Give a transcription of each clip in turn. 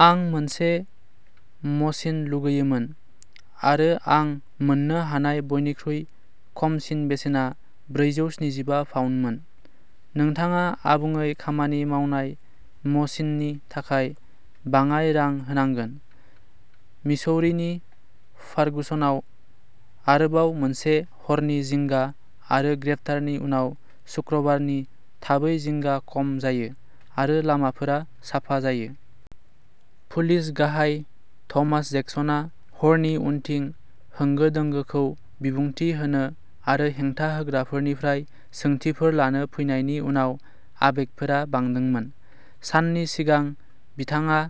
आं मोनसे मसिन लुगैयोमोन, आरो आं मोन्नो हानाय बयनिख्रुइ खमसिन बेसेना ब्रैजौस्निजिबा पाउन्दमोन। नोंथाङा आबुङै खामानि मावनाय मसिननि थाखाय बाङाय रां होनांगोन। मिसौरीनि फार्गुसनाव आरोबाव मोनसे हरनि जिंगा आरो ग्रेप्तारनि उनाव शुक्रबारनि थाबै जिंगा खम जायो आरो लामाफोरा साफा जायो। पुलिस गाहाय थमास जेक्सनआ हरनि उनथिं होंगो-दोंगोखौ बिबुंथि होनो आरो हेंथा होग्राफोरनिफ्राय सोंथिफोर लानो फैनायनि उनाव आबेगफोरा बांदोंमोन। साननि सिगां, बिथाङा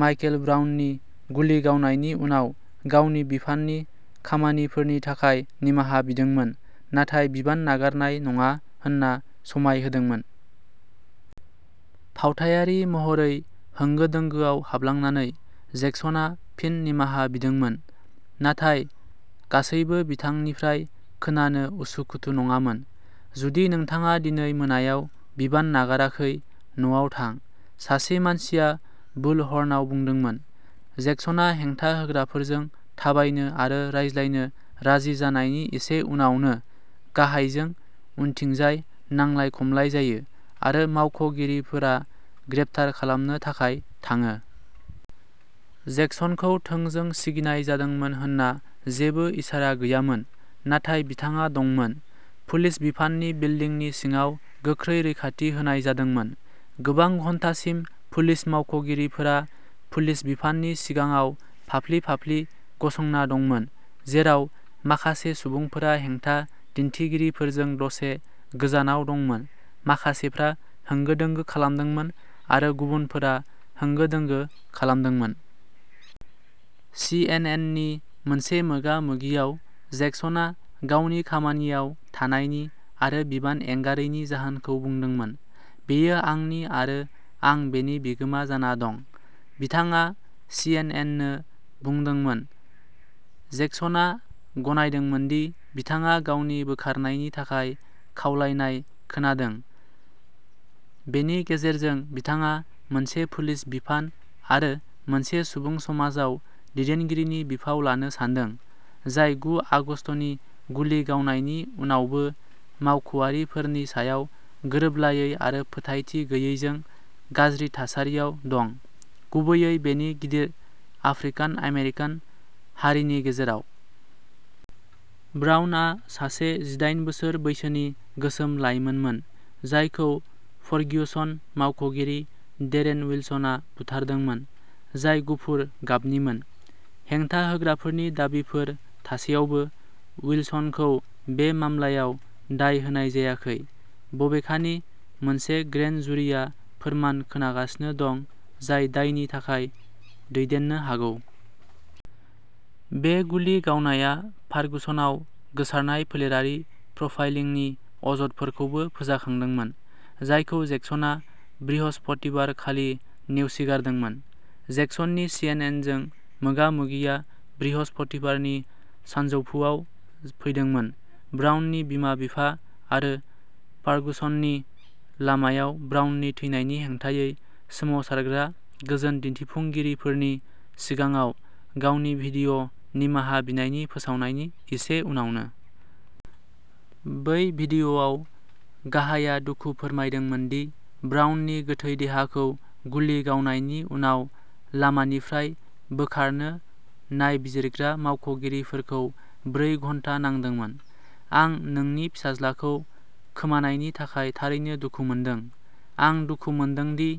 माइकेल ब्राउननि गुलि गावनायनि उनाव गावनि बिफाननि खामानिफोरनि थाखाय निमाहा बिदोंमोन नाथाय बिबान नागारनाय नङा होनना समाय होदोंमोन। फावथायारि महरै होंगो-दोंगोआव हाबलांनानै, जेक्सनआ फिन निमाहा बिदोंमोन। नाथाय गासैबो बिथांनिफ्राय खोनानो उसु-खुथु नङामोन। "जुदि नोंथाङा दिनै मोनायाव बिबान नागाराखै, न'आव थां", सासे मानसिया बुलहर्नआव बुंदोंमोन। जेक्सनआ हेंथा होग्राफोरजों थाबायनो आरो रायज्लायनो राजि जानायनि एसे उनावनो गाहायजों उनथिंजाय नांलाय-खमलाय जायो, आरो मावख'गिरिफोरा ग्रेप्तार खालामनो थाखाय थाङो। जेक्सनखौ थोंजों सिगिनाय जादोंमोन होनना जेबो इसारा गैयामोन, नाथाय बिथाङा दंमोन। पुलिस बिफाननि बिल्दिंनि सिङाव गोख्रै रैखाथि होनाय जादोंमोन। गोबां घन्टासिम, पुलिस मावख'गिरिफोरा पुलिस बिफाननि सिगाङाव फाफ्लि-फाफ्लि गसंना दंमोन, जेराव माखासे सुबुंफोरा हेंथा दिन्थिगिरिफोरजों दसे गोजानाव दंमोन-माखासेफ्रा होंगो-दोंगो खालामदोंमोन आरो गुबुनफोरा होंगो-दोंगो खालामदोंमोन। सीएनएननि मोनसे मोगा-मोगियाव, जेक्सनआ गावनि खामानियाव थानायनि आरो बिबान एंगारैनि जाहोनखौ बुंदोंमोन। "बेयो आंनि, आरो आं बेनि बिगोमा जाना दं", बिथाङा सीएनएननो बुंदोंमोन। जेक्सनआ गनायदोंमोन दि बिथाङा गावनि बोखारनायनि थाखाय खावलायनाय खोनादों।'बेनि "गेजेरजों, बिथाङा मोनसे पुलिस बिफान आरो मोनसे सुबुं समाजाव दैदेनगिरिनि बिफाव लानो सानदों, जाय गु आगस्तनि गुलि गावनायनि उनावबो मावख'आरिफोरनि सायाव गोरोबलायै आरो फोथायथि गैयैजों गाज्रि थासारियाव दं-गुबैयै बेनि गिदिर आफ्रिकान-आमेरिकान हारिनि गेजेराव-। ब्राउनआ सासे जिडाइन बोसोर बैसोनि गोसोम लाइमोनमोन, जायखौ फर्ग्युसन मावख'गिरि डेरेन विल्सनआ बुथारदोंमोन, जाय गुफुर गाबनिमोन। हेंथा होग्राफोरनि दाबिफोर थासेयावबो, विल्सनखौ बे मामलायाव दाय होनाय जायाखै, बबेखानि मोनसे ग्रेन्ड ज्युरीआ फोरमान खोनागासिनो दं जाय दायनि थाखाय दैदेननो हागौ। बे गुलि गावनाया फार्गुसनाव गोसारनाय फोलेरारि प्रफाइलिंनि अजदफोरखौबो फोजाखांदोंमोन, जायखौ जेक्सनआ बृहस्पतिबार खालि नेवसिगारदोंमोन। जेक्सननि सि एन एन जों मोगा-मोगिआ बृहस्पतिबारनि सानजौफुआव फैदोंमोन, ब्राउननि बिमा-बिफा आरो फार्गुस'ननि लामायाव ब्राउननि थैनायनि हेंथायै सोमावसारग्रा गोजोन दिन्थिफुंगिरिफोरनि सिगाङाव गावनि भिडिअ'निमाहा बिनायनि फोसावनायनि एसे उनावनो। बै भिडिअ'आव, गाहायआ दुखु फोरमायदोंमोन दि ब्राउननि गोथै देहाखौ गुलि गावनायनि उनाव लामानिफ्राय बोखारनो नायबिजिरग्रा मावख'गिरिफोरखौ ब्रै घन्टा नांदोंमोन। "आं नोंनि फिसाज्लाखौ खोमानायनि थाखाय थारैनो दुखु मोनदों। आं दुखु मोनदों दि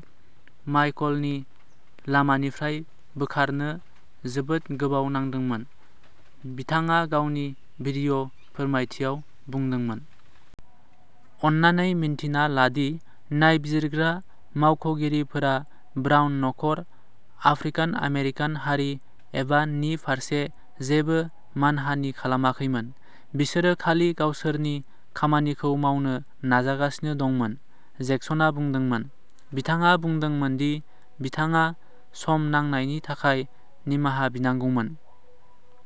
माइकलखौ लामानिफ्राय बोखारनो जोबोद गोबाव नांदोंमोन", बिथाङा गावनि भिडिअ'फोरमायथियाव बुंदोंमोन। "अन्नानै मिन्थिना ला दि नायबिजिरग्रा मावख'गिरिफोरा ब्राउन नखर, आफ्रिकान-आमेरिकान हारि एबा नि फारसे जेबो मानहानि खालामाखैमोन। बिसोरो खालि गावसोरनि खामानिखौ मावनो नाजागासिनो दंमोन", जेक्सनआ बुंदोंमोन। बिथाङा बुंदोंमोन दि बिथाङा "सम नांनायनि थाखाय निमाहा बिनांगौमोन"।